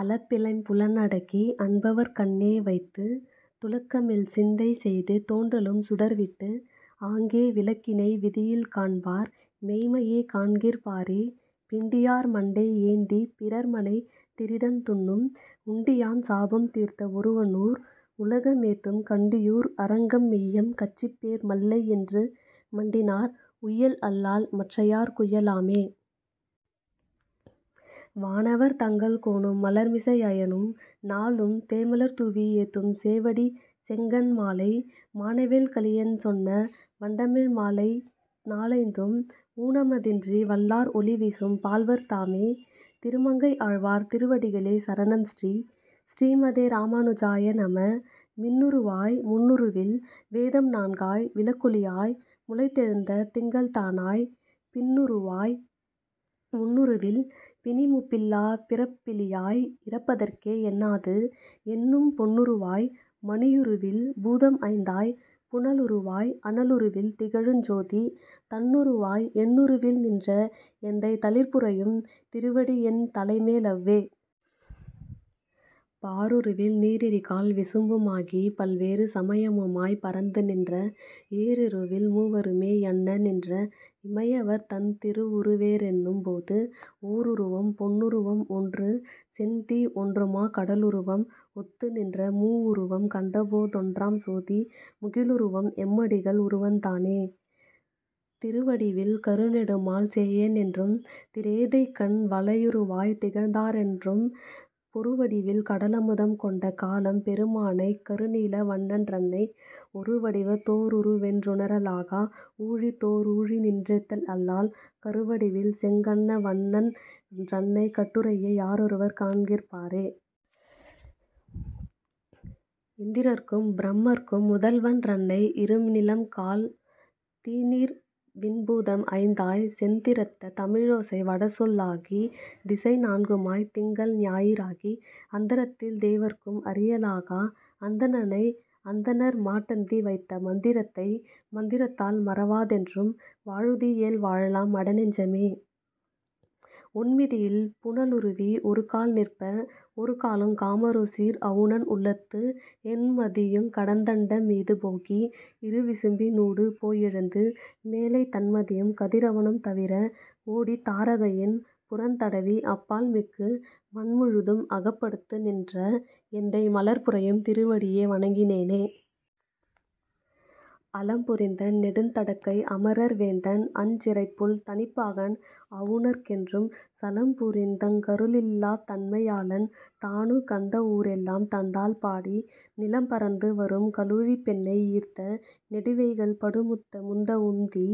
அளப்பிலைம் புலன Ducky அன்பவர் கண்ணே வைத்து, துளக்கமில் சிந்தை செய்து தோன்றலும் சுடர்விட்டு, ஆங்கே விளக்கினை விதியில் காண்பார் மெய்ம்மையே காண்கிற் பாரே பிண்டியார் மண்டை ஏந்திப் பிறர்மனை திரிதந் துண்ணும், உண்டியான் சாபம் தீர்த்த ஒருவனூர், உலக மேத்தும் கண்டியூர் அரங்கம் மெய்யம் கச்சிபேர் மல்லை என்று மண்டினார், உய்யல் அல்லால் மற்றையார்க் குய்ய லாமே? வானவர் தங்கள் கோனும் மலர்மிசை அயனும், நாளும் தேமலர் தூவி ஏத்தும் சேவடிச் செங்கண் மாலை, மானவேல் கலியன் சொன்ன வண்டமிழ் மாலை நாலைந்தும், ஊனம தின்றி வல்லார் ஒளிவிசும் பாள்வர் தாமே திருமங்கைஆழ்வார் திருவடிகளே சரணம் ஸ்ரீ: ஸ்ரீமதே ராமானுஜாயா நம: மின்னுருவாய் முன்னுருவில் வேதம் நான்காய் விளக்கொளியாய் முளைத்தெழுந்த திங்கள் தானாய், பின்னுருவாய் முன்னுருவில் பிணிமூப் பில்லாப் பிறப்பிலியாய் இறப்பதற்கே எண்ணாது, எண்ணும் பொன்னுருவாய் மணியுருவில் பூதம் ஐந்தாய்ப் புனலுருவாய் அனலுருவில் திகழுஞ் சோதி, தன்னுருவாய் என்னுருவில் நின்ற எந்தை தளிர்ப்புரையும் திருவடியென் தலைமே லவ்வே. பாருருவில் நீரெரிகால் விசும்பு மாகிப் பல்வேறு சமயமுமாய்ப் பரந்து நின்ற, ஏருருவில் மூவருமே யென்ன நின்ற, இமையவர்தந் திருவுருவே றெண்ணும் போது, ஓருருவம் பொன்னுருவம் ஒன்று செந்தீ ஒன்றுமா கடலுருவம் ஒத்து நின்ற, மூவுருவும் கண்டபோ தொன்றாம் சோதி முகிலுருவம் எம்மடிகள் உருவந் தானே. திருவடிவில் கருநெடுமால் சேயன் என்றும் திரேதைக்கண் வளையுருவாய்த் திகழ்ந்தா னென்றும், பொருவடிவில் கடலமுதம் கொண்ட காலம் பெருமானைக் கருநீல வண்ணன் றன்னை, ஒருவடிவத் தோருருவென் றுணர லாகா ஊழிதோ றூழிநின் றேத்தல் அல்லால், கருவடிவில் செங்கண்ண வண்ணன் றன்னைக் கட்டுரையே யாரொருவர் காண்கிற் பாரே? இந்திரற்கும் பிரமற்கும் முதல்வன் றன்னை இருநிலம்கால் தீநீர்விண் பூதம் ஐந்தாய், செந்திறத்த தமிழோசை வடசொல் லாகித் திசைநான்கு மாய்த்திங்கள் ஞாயி றாகி, அந்தரத்தில் தேவர்க்கும் அறிய லாகா அந்தணனை அந்தணர்மாட் டந்தி வைத்த மந்திரத்தை, மந்திரத்தால் மறவா தென்றும் வாழுதியேல் வாழலாம் மடநெஞ் சம்மே. ஒண்மிதியில் புனலுருவி ஒருகால் நிற்ப ஒருகாலுங் காமருசீர் அவுணன் உள்ளத்து, எண்மதியுங் கடந்தண்ட மீது போகி இருவிசும்பி னூடுபோ யெழுந்து மேலைத் தண்மதியும் கதிரவனும் தவிர ஓடித் தாரகையின் புறந்தடவி அப்பால் மிக்கு, மண்முழுதும் அகப்படுத்து நின்ற எந்தை மலர்புரையும் திருவடியே வணங்கி னேனே. அலம்புரிந்த நெடுந்தடக்கை அமரர் வேந்தன் அஞ்சிறைப்புள் தனிப்பாகன் அவுணர்க் கென்றும், சலம்புரிந்தங் கருளில்லாத் தன்மை யாளன் தானுகந்த வூரெல்லாம் தந்தாள் பாடி, நிலம்பரந்து வரும்கலுழிப் பெண்ணை யீர்த்த நெடுவேய்கள் படுமுத்த முந்த வுந்தி,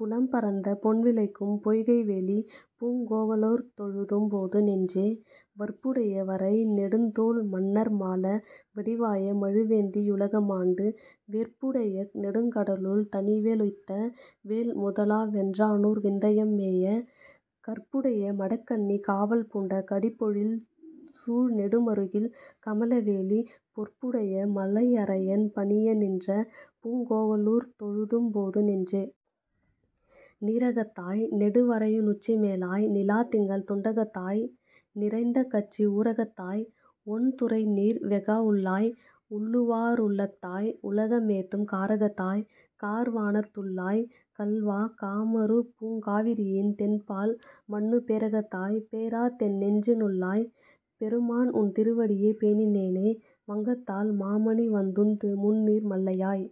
புலம்பரந்த பொன்விளைக்கும் பொய்கை வேலிப் பூங்கோவ லூர்த்தொழுதும் போது நெஞ்சே. வற்புடைய வரைநெடுந்தோள் மன்னர் மாள வடிவாய மழுவேந்தி யுலக மாண்டு, வெற்புடைய நெடுங்கடலுள் தனிவே லுய்த்த வேள்முதலா வென்றானூர் விந்தம் மேய, கற்புடைய மடக்கன்னி காவல் பூண்ட கடிபொழில்சூழ் நெடுமறுகில் கமல வேலி, பொற்புடைய மலையரையன் பணிய நின்ற பூங்கோவ லூர்த்தொழுதும் போது நெஞ்சே. நீரகத்தாய். நெடுவரையி னுச்சி மேலாய். நிலாத்திங்கள் துண்டகத்தாய். நிறைந்த கச்சி ஊரகத்தாய், ஒண்துரைநீர் வெஃகா வுள்ளாய். உள்ளுவா ருள்ளத்தாய், உலக மேத்தும் காரகத்தாய். கார்வானத் துள்ளாய். கள்வா. காமருபூங் காவிரியின் தென்பால் மன்னு பேரகத்தாய், பேராதென் நெஞ்சி னுள்ளாய். பெருமான்உன் திருவடியே பேணி னேனே. வங்கத்தால் மாமணிவந் துந்து முந்நீர் மல்லையாய்.